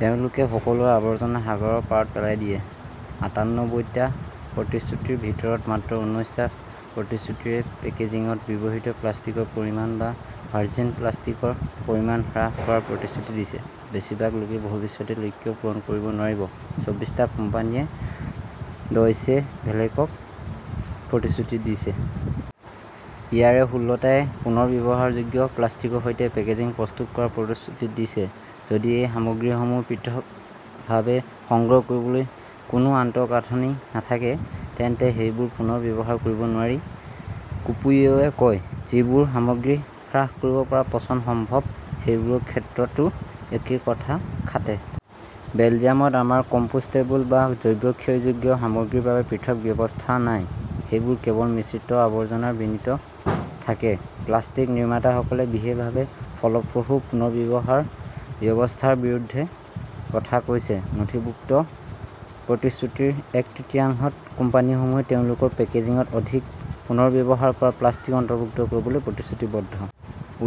তেওঁলোকে সকলো আৱৰ্জনা সাগৰৰ পাৰত পেলাই দিয়ে। আটান্নব্বৈটা প্ৰতিশ্ৰুতিৰ ভিতৰত মাত্ৰ ঊনৈশটা প্ৰতিশ্ৰুতিয়ে পেকেজিঙত ব্যৱহৃত প্লাষ্টিকৰ পৰিমাণ বা ভাৰ্জিন প্লাষ্টিকৰ পৰিমাণ হ্ৰাস কৰাৰ প্ৰতিশ্ৰুতি দিছে। বেছিভাগ লোকে ভৱিষ্যতে লক্ষ্য পূৰণ কৰিব নোৱাৰিব। চৌবিশটা কোম্পানীয়ে ডয়চে ভেলেকক প্ৰতিশ্ৰুতি দিছে। ইয়াৰে ষোল্লটায়ে পুনৰ্ব্যৱহাৰযোগ্য প্লাষ্টিকৰ সৈতে পেকেজিং প্ৰস্তুত কৰাৰ প্ৰতিশ্ৰুতি দিছে। যদি এই সামগ্ৰীসমূহ পৃথকভাৱে সংগ্ৰহ কৰিবলৈ কোনো আন্তঃগাঁথনি নাথাকে, তেন্তে সেইবোৰ পুনৰ ব্যৱহাৰ কৰিব নোৱাৰি, কোপেয়োৱে কয়। যিবোৰ সামগ্ৰী হ্ৰাস কৰিব পৰা পচন সম্ভৱ, সেইবোৰৰ ক্ষেত্ৰতো একেই কথা খাটে। বেলজিয়ামত, আমাৰ কম্পোষ্টেবল বা জৈৱ ক্ষয়যোগ্য সামগ্ৰীৰ বাবে পৃথক ব্যৱস্থা নাই। সেইবোৰ কেৱল মিশ্ৰিত আৱৰ্জনাৰ বিনত থাকে। প্লাষ্টিক নিৰ্মাতাসকলে বিশেষভাৱে ফলপ্ৰসূ পুনৰ্ব্যৱহাৰৰ ব্যৱস্থাৰ বিৰুদ্ধে কথা কৈছে। নথিভুক্ত প্ৰতিশ্ৰুতিৰ এক তৃতীয়াংশত, কোম্পানীসমূহে তেওঁলোকৰ পেকেজিঙত অধিক পুনৰ্ব্যৱহাৰ কৰা প্লাষ্টিক অন্তৰ্ভুক্ত কৰিবলৈ প্ৰতিশ্ৰুতিবদ্ধ।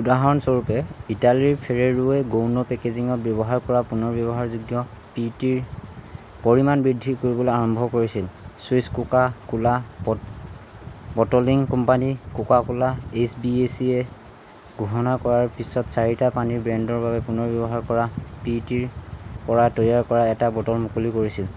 উদাহৰণস্বৰূপে, ইটালীৰ ফেৰেৰোৱে গৌণ পেকেজিঙত ব্যৱহাৰ কৰা পুনৰ্ব্যৱহাৰযোগ্য পিইটিৰ পৰিমাণ বৃদ্ধি কৰিবলৈ আৰম্ভ কৰিছিল। Swiss Coca Cola bottling company Coca Cola H B চিয়ে ঘোষণা কৰাৰ পিছত চাৰিটা পানীৰ ব্ৰেণ্ডৰ বাবে পুনৰ্ব্যৱহাৰ কৰা পিইটিৰ পৰা তৈয়াৰ কৰা এটা বটল মুকলি কৰিছিল।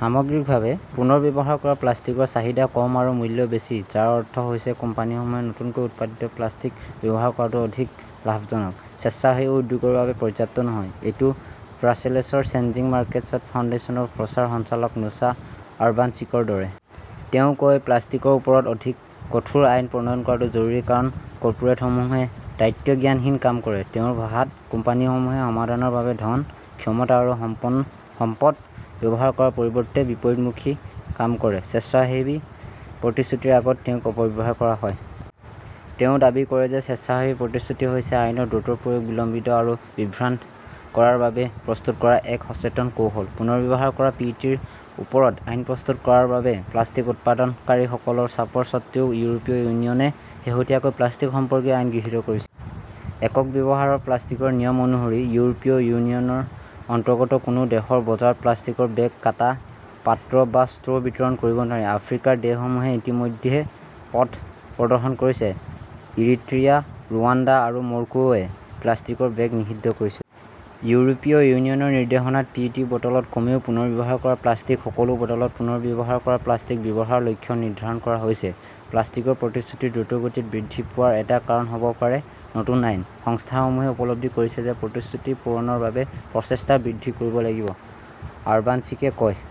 সামগ্ৰিকভাৱে, পুনৰ্ব্যৱহাৰ কৰা প্লাষ্টিকৰ চাহিদা কম আৰু মূল্য বেছি, যাৰ অৰ্থ হৈছে কোম্পানীসমূহে নতুনকৈ উৎপাদিত প্লাষ্টিক ব্যৱহাৰ কৰাটো অধিক লাভজনক। স্বেচ্ছাসেৱী উদ্যোগৰ বাবে পৰ্যাপ্ত নহয়। এইটো ব্ৰাছেলছৰ চেঞ্জিং মাৰ্কেটছ ফাউণ্ডেশ্যনৰ প্ৰচাৰ সঞ্চালক নুছা আৰবানচিকৰ দৰে। তেওঁ কয়, প্লাষ্টিকৰ ওপৰত অধিক কঠোৰ আইন প্ৰণয়ন কৰাটো জৰুৰী কাৰণ কৰ্পোৰেটসমূহে দায়িত্বজ্ঞানহীন কাম কৰে। তেওঁৰ ভাষাত, কোম্পানীসমূহে সমাধানৰ বাবে ধন, ক্ষমতা আৰু সম্পদ ব্যৱহাৰ কৰাৰ পৰিৱৰ্তে বিপৰীতমুখী কাম কৰে। স্বেচ্ছাসেৱী প্ৰতিশ্ৰুতিৰ আগত তেওঁক অপব্যৱহাৰ কৰা হয়। তেওঁ দাবী কৰে যে স্বেচ্ছাসেৱী প্ৰতিশ্ৰুতি হৈছে আইনৰ দ্ৰুত প্ৰয়োগ বিলম্বিত আৰু বিভ্ৰান্ত কৰাৰ বাবে প্ৰস্তুত কৰা এক সচেতন কৌশল। পুনৰ্ব্যৱহাৰ কৰা পিইটিৰ ওপৰত আইন প্ৰস্তুত কৰাৰ বাবে প্লাষ্টিক উৎপাদনকাৰীসকলৰ চাপৰ স্বত্বেও ইউৰোপীয় ইউনিয়নে শেহতীয়াকৈ প্লাষ্টিক সম্পৰ্কীয় আইন গৃহীত কৰিছে। একক ব্যৱহাৰৰ প্লাষ্টিকৰ নিয়ম অনুসৰি, ইউৰোপীয় ইউনিয়নৰ অন্তৰ্গত কোনো দেশৰ বজাৰত প্লাষ্টিকৰ বেগ, কাঁটা, পাত্ৰ বা ষ্ট্ৰ' বিতৰণ কৰিব নোৱাৰি। আফ্ৰিকাৰ দেশসমূহে ইতিমধ্যে পথ প্ৰদৰ্শন কৰিছে। ইৰিট্ৰিয়া, ৰুৱাণ্ডা আৰু মৰক্কোৱে প্লাষ্টিকৰ বেগ নিষিদ্ধ কৰিছিল। ইউৰোপীয় ইউনিয়নৰ নিৰ্দেশনাত পিইটি বটলত কমেও পুনৰ্ব্যৱহাৰ কৰা প্লাষ্টিক, সকলো বটলত পুনৰ্ব্যৱহাৰ কৰা প্লাষ্টিক ব্যৱহাৰৰ লক্ষ্য নিৰ্ধাৰণ কৰা হৈছে। প্লাষ্টিকৰ প্ৰতিশ্ৰুতি দ্ৰুতগতিত বৃদ্ধি পোৱাৰ এটা কাৰণ হ'ব পাৰে নতুন আইন। সংস্থাসমূহে উপলব্ধি কৰিছে যে প্ৰতিশ্ৰুতি পূৰণৰ বাবে প্ৰচেষ্টা বৃদ্ধি কৰিব লাগিব, আৰবানচিকে কয়।